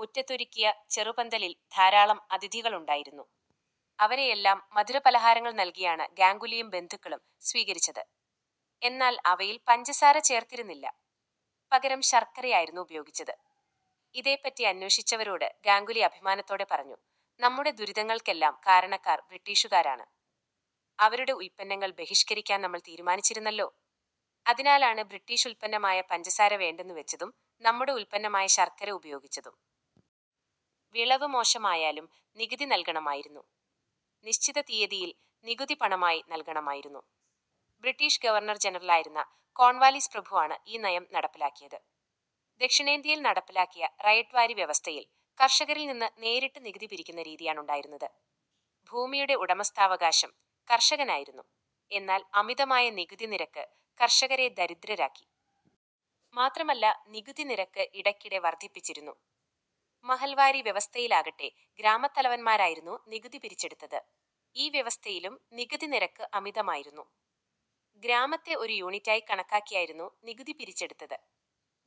മുറ്റത്തൊരുക്കിയ ചെറുപന്തലിൽ ധാരാളം അതിഥികളുണ്ടായിരുന്നു. അവരെയെല്ലാം മധുരപലഹാരങ്ങൾ നൽകിയാണ് ഗാംഗുലും ബന്ധുക്കളും സ്വീകരിച്ചത്. എന്നാൽ അവയിൽ പഞ്ചസാര ചേർത്തിരുന്നില്ല. പകരം ശർക്കരയായിരുന്നു ഉപയോഗിച്ചത്. ഇതേപ്പറ്റി അന്വേഷിച്ചവരോട് ഗാംഗുൽ അഭിമാനത്തോടെ പറഞ്ഞു: "നമ്മുടെ ദുരിതങ്ങൾക്കെല്ലാം കാരണക്കാർ ബ്രിട്ടീഷുകാരാണ്. അവരുടെ ഉൽപ്പന്നങ്ങൾ ബഹിഷ്കരിക്കാൻ നമ്മൾ തീരുമാനിച്ചിരുന്നല്ലോ. അതിനാലാണ് ബ്രിട്ടീഷ് ഉൽപ്പന്നമായ പഞ്ചസാര വേണ്ടെന്ന് വച്ചതും നമ്മുടെ ഉൽപ്പന്നമായ ശർക്കര ഉപയോഗിച്ചതും. വിളവ് മോശമായാലും നികുതി നൽകണമായിരുന്നു. നിശ്ചിത തീയതിയിൽ നികുതി പണമായി നൽകണമായിരുന്നു. ബ്രിട്ടീഷ് ഗവർണർ ജനറൽ ആയിരുന്ന കോൺവാലീസ് പ്രഭുവാണ് ഈ നയം നടപ്പിലാക്കിയത്. ദക്ഷിണേന്ത്യയിൽ നടപ്പിലാക്കിയ റയട്ട് വാരി വ്യവസ്ഥയിൽ കർഷകരിൽ നിന്ന് നേരിട്ട് നികുതി പിരിക്കുന്ന രീതിയാണുണ്ടായിരുന്നത്. ഭൂമിയുടെ ഉടമസ്ഥാവകാശം കർഷകനായിരുന്നു. എന്നാൽ അമിതമായ നികുതി നിരക്ക് കർഷകരെ ദരിദ്രരാക്കി. മാത്രമല്ല നികുതിനിരക്ക് ഇടയ്ക്കിടെ വർധിപ്പിച്ചിരുന്നു. മഹൽവാരി വ്യവസ്ഥയിലാകട്ടെ, ഗ്രാമത്തലവന്മാരായിരുന്നു നികുതി പിരിച്ചെടുത്തത്. ഈ വ്യവസ്ഥയിലും നികുതിനിരക്ക് അമിതമായിരുന്നു. ഗ്രാമത്തെ ഒരു യൂണിറ്റായി കണക്കാക്കിയായിരുന്നു നികുതി പിരി ച്ചെടുത്തിരുന്നത്.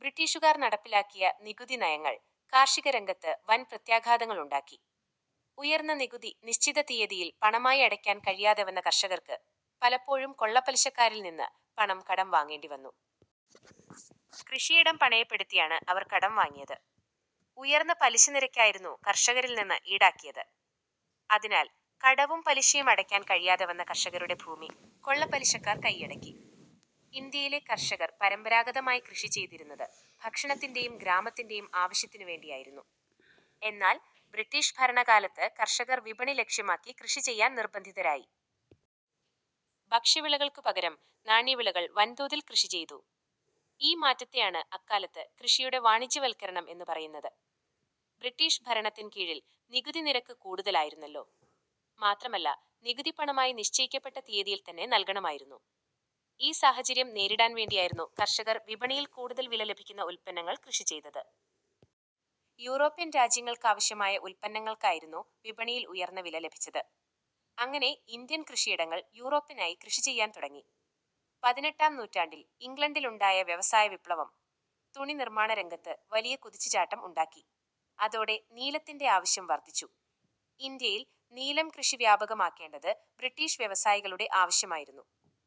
ബ്രിട്ടീഷുകാർ നടപ്പിലാക്കിയ നികുതി നയങ്ങൾ കാർഷികരംഗത്ത് വൻ പ്രത്യാഘാതങ്ങളുണ്ടാക്കി. ഉയർന്ന നികുതി നിശ്ചിത തീയതിയിൽ പണമായി അടയ്ക്കാൻ കഴിയാതെവന്ന കർഷകർക്കു പലപ്പോഴും കൊള്ളപ്പലിശക്കാരിൽ നിന്ന് പണം കടം വാങ്ങേണ്ടിവന്നു. കൃഷിയിടം പണയപ്പെടുത്തിയാണ് അവർ കടം വാങ്ങിയത്. ഉയർന്ന പലിശനിരക്കായിരുന്നു കർഷകരിൽനിന്ന് ഈടാക്കിയത്. അതിനാൽ കടവും പലിശയും അടയ്ക്കാൻ കഴിയാതെവന്ന കർഷകരുടെ ഭൂമി കൊള്ളപ്പലിശക്കാർ കൈയടക്കി. ഇന്ത്യയിലെ കർഷകർ പരമ്പരാഗതമായി കൃഷിചെയ്തിരുന്നത് ഭക്ഷണത്തിന്റെയും ഗ്രാമത്തിന്റെയും ആവശ്യത്തിനുവേണ്ടിയായിരുന്നു. എന്നാൽ ബ്രിട്ടീഷ് ഭരണകാലത്ത് കർഷകർ വിപണി ലക്ഷ്യമാക്കി കൃഷി ചെയ്യാൻ നിർബന്ധിതരായി. ഭക്ഷ്യവിളകൾക്കു പകരം നാണ്യവിളകൾ വൻതോതിൽ കൃഷിചെയ്തു. ഈ മാറ്റത്തെയാണ് അക്കാലത്ത് കൃഷിയുടെ വാണിജ്യവൽക്കരണം എന്നു പറയുന്നത്. ബ്രിട്ടീഷ് ഭരണത്തിനുകീഴിൽ നികുതി നിരക്ക് കൂടുതലായിരുന്നല്ലോ. മാത്രമല്ല, നികുതി പണമായി, നിശ്ചയിക്കപ്പെട്ട തീയതിയിൽത്തന്നെ നൽകണമായിരുന്നു. ഈ സാഹചര്യം നേരിടാൻ വേണ്ടിയായിരുന്നു കർഷകർ വിപണിയിൽ കൂടുതൽ വില ലഭിക്കുന്ന ഉൽപ്പന്നങ്ങൾ കൃഷിചെയ്തത്. യൂറോപ്യൻ രാജ്യങ്ങൾക്കാവശ്യമായ ഉൽപ്പന്നങ്ങൾക്കായിരുന്നു വിപണിയിൽ ഉയർന്ന വില ലഭിച്ചത്. അങ്ങനെ ഇന്ത്യൻ കൃഷിയിടങ്ങൾ യൂറോപ്പിനായി കൃഷിചെയ്യാൻ തുടങ്ങി. പതിനെട്ടാം നൂറ്റാണ്ടിൽ ഇംഗ്ലണ്ടിലുണ്ടായ വ്യവസായവിപ്ലവം തുണി നിർമാണരംഗത്ത് വലിയ കുതിച്ചുചാട്ടം ഉണ്ടാക്കി. അതോടെ നീലത്തിന്റെ ആവശ്യം വർധിച്ചു. ഇന്ത്യയിൽ നീലം കൃഷി വ്യാപകമാക്കേണ്ടത് ബ്രിട്ടീഷ് വ്യവസായികളുടെ ആവശ്യമായിരുന്നു.